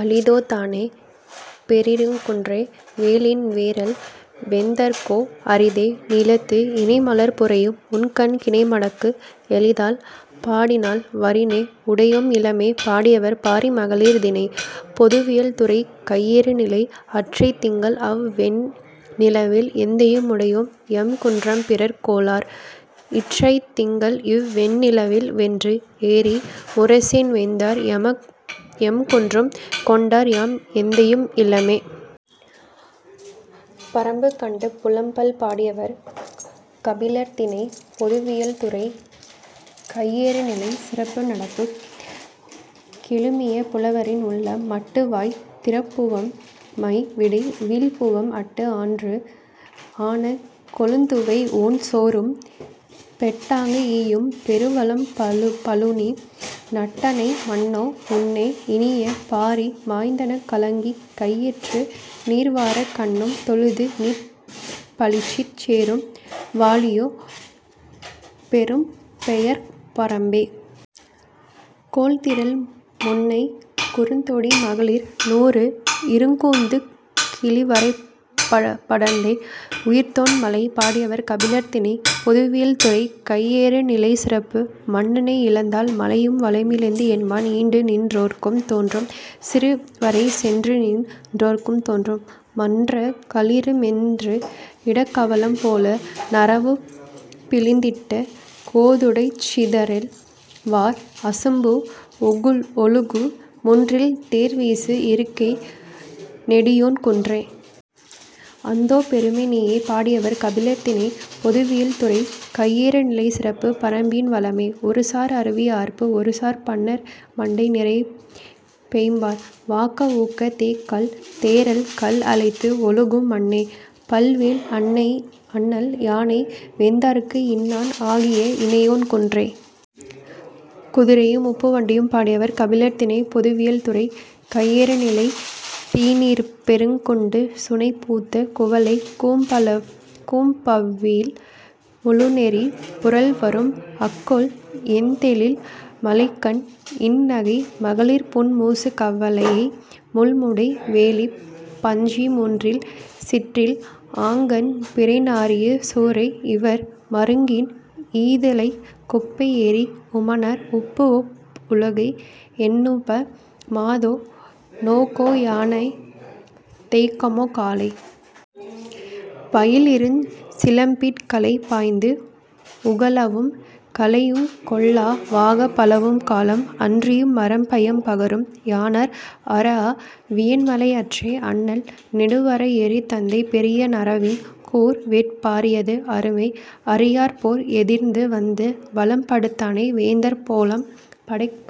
அளிதோ தானே, பேரிருங் குன்றே! வேலின் வேறல் வேந்தர்க்கோ அரிதே; நீலத்து, இணை மலர் புரையும் உண்கண் கிணை மகட்கு எளிதால், பாடினள் வரினே.. உடையேம் இலமே! பாடியவர்: பாரி மகளிர் திணை: பொதுவியல் துறை: கையறு நிலை அற்றைத் திங்கள் அவ் வெண் நிலவில், எந்தையும் உடையேம்; எம் குன்றும் பிறர் கொளார்; இற்றைத் திங்கள் இவ் வெண் நிலவில், வென்று எறி முரசின் வேந்தர் எம் குன்றும் கொண்டார்; யாம் எந்தையும் இலமே!. பறம்பு கண்டு புலம்பல்! பாடியவர்: கபிலர். திணை: பொதுவியல். துறை: கையறுநிலை. சிறப்பு: நட்புக் கெழுமிய புலவரின் உள்ளம். மட்டு வாய் திறப்பவும், மை விடை வீழ்ப்பவும், அட்டு ஆன்று ஆனாக் கொழுந் துவை ஊன் சோறும் பெட்டாங்கு ஈயும் பெருவளம் பழுனி, நட்டனை மன்னோ, முன்னே; இனியே, பாரி மாய்ந்தெனக், கலங்கிக் கையற்று, நீர் வார் கண்ணேம் தொழுது நிற் பழிச்சிச் சேறும் வாழியோ பெரும்பெயர்ப் பறம்பே! கோல் திரள் முன்கைக் குறுந் தொடி மகளிர் நாறு இருங் கூந்தற் கிழவரைப் படர்ந்தே.. உயர்ந்தோன் மலை! பாடியவர்: கபிலர் திணை: பொதுவியல் துறை: கையறுநிலை சிறப்பு: மன்னனை இழந்ததால் மலையும் வளமிழந்தது என்பது. ஈண்டு நின் றோர்க்கும் தோன்றும்; சிறு வரை சென்று நின் றோர்க்கும் தோன்றும், மன்ற; களிறு மென்று இட்ட கவளம் போல, நறவுப் பிழிந் திட்ட கோதுடைச் சிதறல் வார் அசும்பு ஒழுகு முன்றில், தேர் வீசு இருக்கை, நெடியோன் குன்றே.. அந்தோ பெரும நீயே! பாடியவர்: கபிலர் திணை: பொதுவியல் துறை: கையறுநிலை சிறப்பு: பறம்பின் வளமை. ஒரு சார் அருவி ஆர்ப்ப, ஒரு சார் பாணர் மண்டை நிறையப் பெய்ம்மார், வாக்க உக்க தேக் கள் தேறல் கல்அலைத்து ஒழுகும் மன்னே! பல் வேல், அண்ணல் யானை, வேந்தர்க்கு இன்னான் ஆகிய இனியோன் குன்றே!. குதிரையும் உப்புவண்டியும்! பாடியவர்: கபிலர் திணை: பொதுவியல் துறை: கையறுநிலை தீநீர்ப் பெருங் குண்டு சுனைப் பூத்த குவளைக் கூம்பவிழ் முழுநெறி புரள்வரும் அல்குல், ஏந்தெழில் மழைக் கண், இன் நகை, மகளிர் புன் மூசு கவலைய முள் முடை வேலிப், பஞ்சி முன்றில், சிற்றில் ஆங்கண், பீரை நாறிய சுரை இவர் மருங்கின், ஈத்திலைக் குப்பை ஏறி உமணர் உப்பு ஓய் ஒழுகை எண்ணுப மாதோ; நோகோ யானே; தேய்கமா காலை! பயில் இருஞ் சிலம்பிற் கலை பாய்ந்து உகளவும், கலையுங் கொள்ளா வாகப், பலவும் காலம் அன்றியும் மரம் பயம் பகரும் யாணர் அறாஅ வியன்மலை அற்றே அண்ணல் நெடுவரை ஏறித், தந்தை பெரிய நறவின், கூர் வேற் பாரியது அருமை அறியார் போர் எதிர்ந்து வந்த வலம் படுதானை வேந்தர் பொலம் படைக்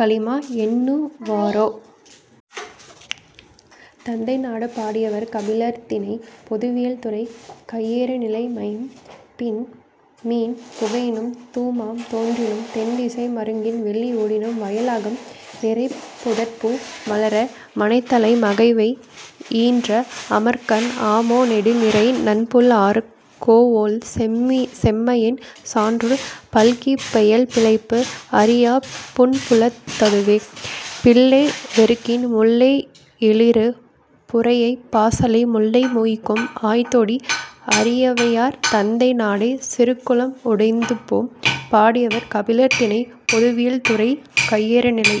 கலிமா எண்ணு வோரே.. தந்தை நாடு! பாடியவர்: கபிலர் திணை: பொதுவியல் துறை: கையறுநிலை மைம் மீன் புகையினும், தூமம் தோன்றினும், தென் திசை மருங்கின் வெள்ளி ஓடினும், வயல்அகம் நிறையப், புதற்பூ மலர, மனைத்தலை மகவை ஈன்ற அமர்க்கண் ஆமா நெடு நிறை நன்புல் ஆரக், கோஒல் செம்மையின் சான்றோர் பல்கிப், பெயல் பிழைப்பு அறியாப் புன்புலத் ததுவே; பிள்ளை வெருகின் முள் லெயிறு புரையப் பாசிலை முல்லை முகைக்கும் ஆய் தொடி அரிவையர் தந்தை நாடே.. சிறுகுளம் உடைந்துபோம்! பாடியவர்: கபிலர் திணை: பொதுவியல் துறை: கையறுநிலை